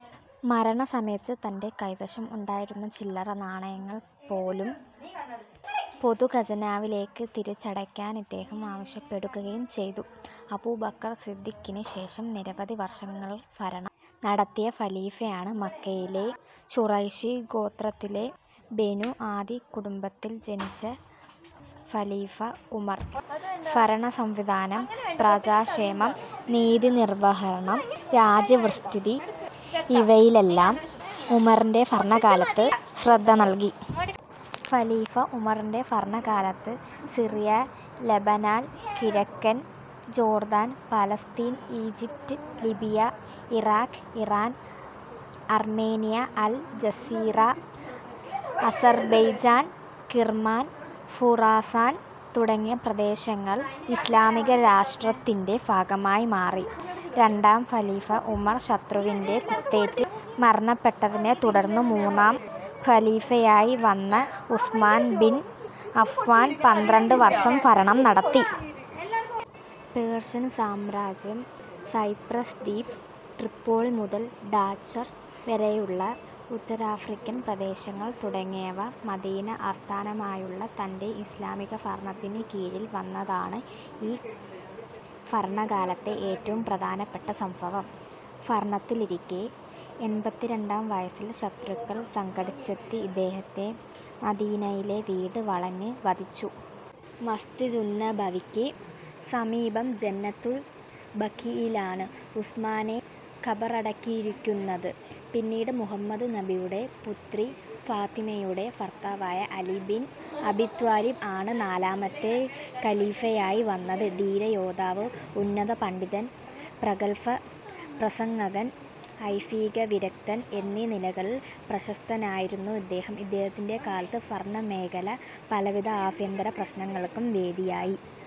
മരണസമയത്ത് തന്റെ കൈവശം ഉണ്ടായിരുന്ന ചില്ലറ നാണയങ്ങൾ പോലും പൊതു ഖജനാവിലേക്ക് തിരിച്ചടയ്ക്കാൻ ഇദ്ദേഹം ആവശ്യപ്പെടുകയും ചെയ്തു. അബൂബക്കർ സിദ്ധീഖിന് ശേഷം നിരവധി വർഷങ്ങൾ ഭരണം നടത്തിയ ഖലീഫയാണ് മക്കയിലെ ഖുറൈഷി ഗോത്രത്തിലെ ബനൂ അദിയ്യ് കുടുംബത്തിൽ ജനിച്ച ഖലീഫ ഉമർ. ഭരണസംവിധാനം, പ്രജാക്ഷേമം, നീതിനിർവഹണം, രാജ്യവിസതൃതി ഇവയിലെല്ലാം ഉമറിന്റെ ഭരണകാലത്ത് ശ്രദ്ധ നൽകി. ഖലീഫ ഉമറിന്റെ ഭരണകാലത്ത് സിറിയ, ലെബനാൻ, കിഴക്കൻ Jordan, Palestine, Egypt, Libya, Iraq, Iran, Armenia, Al Jazira, Azerbaijan, Kirman, Khorasan തുടങ്ങിയ പ്രദേശങ്ങൾ ഇസ്ലാമിക രാഷ്ട്രത്തിന്റെ ഭാഗമായി മാറി. രണ്ടാം ഖലീഫ ഉമർ ശത്രുവിന്റെ കുത്തേറ്റ് മരണപെട്ടതിനെ തുടർന്ന് മൂന്നാം ഖലീഫയായി വന്ന ഉസ്മാൻ ബിൻ അഫ്ഫാൻ പന്ത്രണ്ട് വർഷം ഭരണം നടത്തി. പേർഷ്യൻ സാമ്രാജ്യം, സൈപ്രസ് ദ്വീപ്, ട്രിപ്പൊളി മുതൽ ഡാഞ്ചർ വരെയുള്ള ഉത്തരാഫ്രിക്കൻ പ്രദേശങ്ങൾ തുടങ്ങിയവ മദീന ആസ്ഥാനമായുള്ള തന്റെ ഇസ്ലാമിക ഭരണത്തിനു കീഴിൽ വന്നതാണ് ഈ ഭരണകാലത്തെ ഏറ്റവും പ്രധാനപ്പെട്ട സംഭവം. ഭരണത്തിലിരിക്കെ എൺപത്തി രണ്ടാം വയസ്സിൽ ശത്രുക്കൾ സംഘടിച്ചെത്തി ഇദ്ദേഹത്തെ മദീനയിലെ വീട് വളഞ്ഞ് വധിച്ചു. മസ്ജിദുന്നബവിക്ക് സമീപം ജന്നതുൽ ബഖീഇലാണ് ഉസ്മാനെ ഖബറടക്കിയിരിക്കുന്നത്. പിന്നീട് മുഹമ്മദ് നബിയുടെ പുത്രി ഫാത്വിമയുടെ ഭർത്താവായ അലി ബിൻ അബീത്വാലിബ് ആണ് നാലാമത്തെ ഖലീഫയായി വന്നത്. ധീര യോദ്ധാവ്, ഉന്നത പണ്ഡിതൻ, പ്രഗല്ഭ പ്രസംഗകൻ, ഐഹീക വിരക്തൻ എന്നീ നിലകളിൽ പ്രശസ്തനായിരുന്നു ഇദ്ദേഹം. ഇദ്ദേഹത്തിന്റെ കാലത്ത് ഭരണ മേഖല പലവിധ അഭ്യന്തര പ്രശ്നങ്ങൾക്കും വേദിയായി.